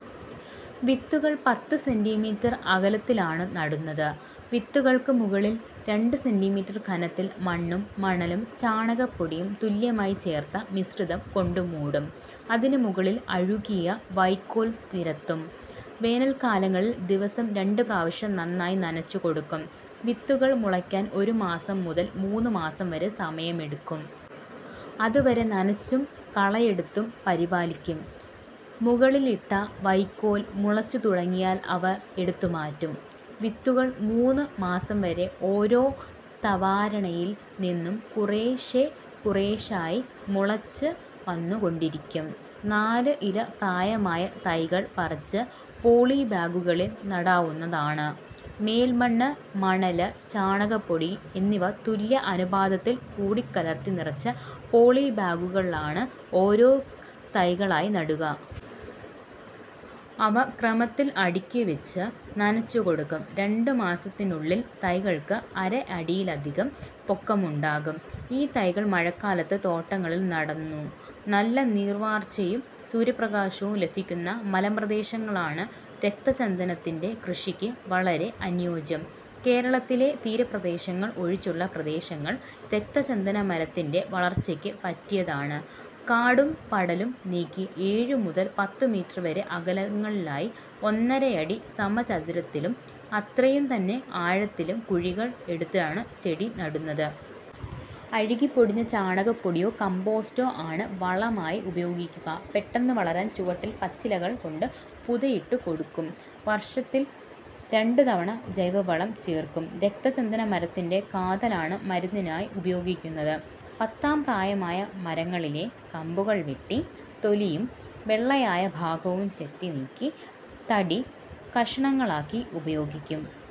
വിത്തുകൾ പത്തു സെന്റിമീറ്റർ അകലത്തിലാണു് നടുന്നതു്. വിത്തുകൾക്കു് മുകളിൽ രണ്ടു സെന്റീമീറ്റർ കനത്തിൽ മണ്ണും മണലും ചാണകപ്പൊടിയും തുല്യമായി ചേർത്ത മിശ്രിതം കൊണ്ടു മൂടും. അതിനു മുകളിൽ അഴുകിയ വൈക്കോൽ നിരത്തും. വേനൽക്കാലങ്ങളിൽ ദിവസം രണ്ടു പ്രവശ്യം നന്നായി നനച്ചുകൊടുക്കും. വിത്തുകൾ മുളക്കാൻ ഒരുമാസം മുതൽ മൂന്നുമാസം വരെ സമയമെടുക്കും. അതുവരെ നനച്ചും കളയെടുത്തും പരിപാലിക്കും. മുകളിലിട്ട വൈക്കോൽ മുളച്ചുതുടങ്ങിയാൽ അവ എടുത്ത് മാറ്റും. വിത്തുകൾ മൂന്നു മാസവരെ ഓരോ തവാരണയിൽ നിന്നും കുറേശേ കുറേശേയായി മുളച്ചു വന്നു കൊണ്ടിരിക്കും. നാലു് ഇല പ്രായമായ തൈകൾ പറിച്ച് പോളീബാഗുകളിൽ നടാവുന്നതാണ്. മേൽമണ്ണ്, മണൽ, ചാണകപ്പൊടി എന്നിവ തുല്യ അനുപാതത്തിൽ കൂട്ടികലർത്തി നിറച്ച പൊളിബാഗുകലാണു് ഒരോ തൈകളായി നടുക. അവ ക്രമത്തിൽ അടുക്കിവച്ച് നനച്ച് കൊടുക്കും. രണ്ടു മാസത്തിനുള്ളിൽ തൈകൾക്ക് അരയടിയിലധികം പൊക്കമുണ്ടാകും. ഈ തൈകൾ മഴക്കാലത്ത് തോട്ടങ്ങളിൽ നടുന്നു. നല്ല നീർവാർച്ചയും സൂര്യപ്രകാശവും ലഭിക്കുന്ന മലമ്പ്രദേശങ്ങളാണ് രക്തചന്ദനത്തിന്റെ കൃഷിക്ക് വളരെ അനുയോജ്യം. കേരളത്തിലെ തീരപ്രദേശങ്ങൾ ഒഴിച്ചുള്ള പ്രദേശങ്ങൾ രക്തചന്ദനമരത്തിന്റെ വളർച്ചയ്ക്ക് പറ്റിയതാണ്. കാടും പടലും നീക്കി ഏഴു മുതൽ പത്തുമീറ്റർ വരെ അകലങ്ങളിലായി, ഒന്നരയടി സമചതുരത്തിലും അത്രയും തന്നെ ആഴത്തിലും കുഴികൾ എടുത്താണു് ചെടി നടുന്നതു്. അഴുകിപ്പൊടിഞ്ഞ ചാണകപ്പൊടിയോ കമ്പോസ്റ്റോ ആണു് വളമായി ഉപയോഗിക്കുക. പെട്ടെന്നു് വളരാൻ ചുവട്ടിൽ പച്ചിലകൾ കൊണ്ടു പുതയിട്ടു കൊടുക്കും. വർഷത്തിൽ രണ്ടു് തവണ ജൈവവളം ചേർക്കും. രക്തചന്ദനമരത്തിന്റെ കാതലാണു് മരുന്നിനായി ഉപയോഗിക്കുന്നതു്. പത്താം പ്രയമായ മരങ്ങളിലെ കമ്പുകൾ വെട്ടി തൊലിയും വെള്ളയായ ഭാഗവും ചെത്തി നീക്കി തടി കഷണങ്ങളാക്കി ഉപയോഗിക്കും.